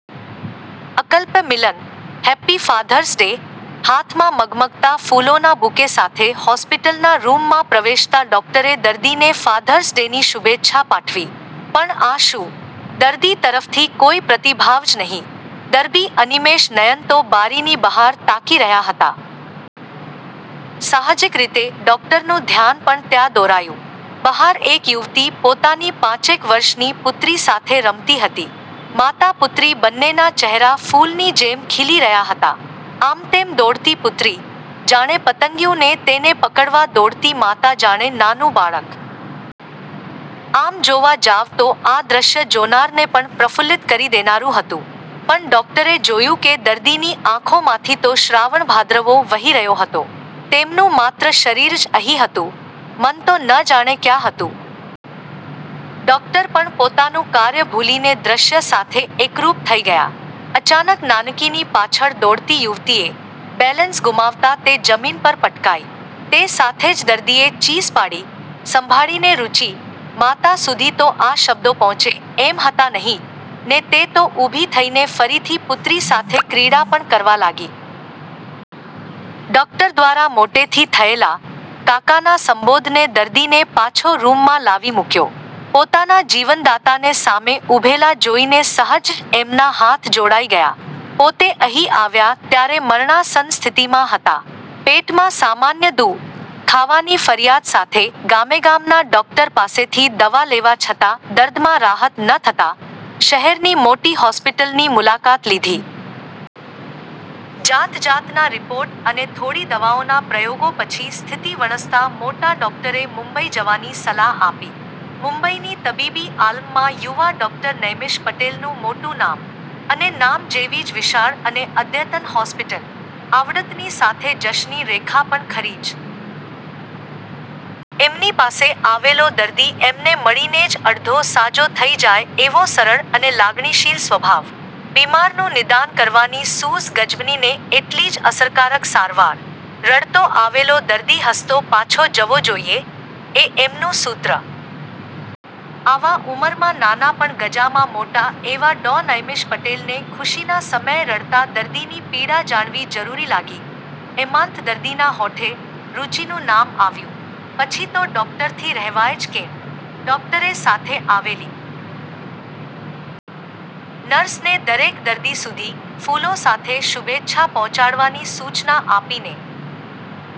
અકલ્પ્ય મિલન: "happy Father's Day" હાથમાં મઘમઘતાં ફૂલોના બુકે સાથે હોસ્પિટલના રૂમમાં પ્રવેશતા ડોક્ટરે દર્દીને ફાધર્સ ડેની શુભેચ્છા પાઠવી. પણ આ શું? દર્દી તરફથી કોઈ પ્રતિભાવ જ નહીં! દર્દી અનિમેષ નયન તો બારીની બહાર તાકી રહ્યા હતા. સાહજિક રીતે ડોક્ટરનું ધ્યાન પણ ત્યાં દોરાયું. બહાર એક યુવતી પોતાની પાંચેક વર્ષની પુત્રી સાથે રમતી હતી. માતા-પુત્રી બંનેના ચહેરા ફૂલની જેમ ખીલી રહ્યા હતા. આમતેમ દોડતી પુત્રી, જાણે પતંગિયું ને તેને પકડવા દોડતી માતા જાણે નાનું બાળક! આમ જોવા જાવ તો આ દ્રશ્ય જોનારને પણ પ્રફુલ્લિત કરી દેનારું હતું. પણ ડોક્ટરે જોયું કે દર્દીની આંખોમાંથી તો શ્રાવણ-ભાદરવો વહી રહ્યો હતો. તેમનું માત્ર શરીર જ અહી હતું, મન તો ન જાણે ક્યાં હતું? ડૉક્ટર પણ પોતાનું કાર્ય ભૂલીને દ્રશ્ય સાથે એકરૂપ થઈ ગયા! અચાનક નાનકીની પાછળ દોડતી યુવતીએ બેલેન્સ ગુમાવતાં તે જમીન પર પટકાઈ. તે સાથે જ દર્દીએ ચીસ પાડી, "સંભાળીને રુચિ." માતા સુધી તો આ શબ્દો પહોંચે એમ હતા નહિ, ને તે તો ઊભી થઈને ફરીથી પુત્રી સાથે ક્રીડા પણ કરવા લાગી. ડૉક્ટર દ્વારા મોટેથી થયેલા 'કાકા'ના સંબોધને દર્દીને પાછો રૂમમાં લાવી મૂક્યો. પોતાના જીવનદાતાને સામે ઊભેલા જોઈને સહજ જ એમના હાથ જોડાઈ ગયા. પોતે અહી આવ્યા ત્યારે મરણાસન્ન સ્થિતિમાં હતા. પેટમાં સામાન્ય દુ:ખાવાની ફરિયાદ સાથે ગામેગામના ડૉક્ટર પાસેથી દવા લેવા છતાં દર્દમાં રાહત ન થતાં, શહેરની મોટી હોસ્પિટલની મુલાકાત લીધી. જાત-જાતના રીપોર્ટ અને થોડી દવાઓના પ્રયોગો પછી સ્થિતિ વણસતાં મોટા ડોક્ટરે મુંબઈ જવાની સલાહ આપી. મુંબઈની તબીબી આલમમાં યુવા ડૉક્ટર નૈમિષ પટેલનું મોટું નામ. અને નામ જેવી જ વિશાળ અને અદ્યતન હોસ્પિટલ! આવડતની સાથે જશની રેખા પણ ખરી જ! એમની પાસે આવેલો દર્દી એમને મળીને જ અડધો સાજો થઈ જાય એવો સરળ અને લાગણીશીલ સ્વભાવ. બિમારનું નિદાન કરવાની સૂઝ ગજબની ને એટલી જ અસરકારક સારવાર! "રડતો આવેલો દર્દી હસતો પાછો જવો જોઈએ" એ એમનું સૂત્ર. આવા ઉંમરમાં નાના પણ ગજામાં મોટા એવા ડૉ. નૈમિષ પટેલને ખુશીના સમયે રડતા દર્દીની પીડા જાણવી જરૂરી લાગી. એમાંય દર્દીના હોઠે 'રુચિ'નું નામ આવ્યું! પછી તો ડૉક્ટરથી રહેવાય જ કેમ? ડોક્ટરે સાથે આવેલી નર્સને દરેક દર્દી સુધી ફૂલો સાથે શુભેચ્છા પહોંચાડવાની સૂચના આપીને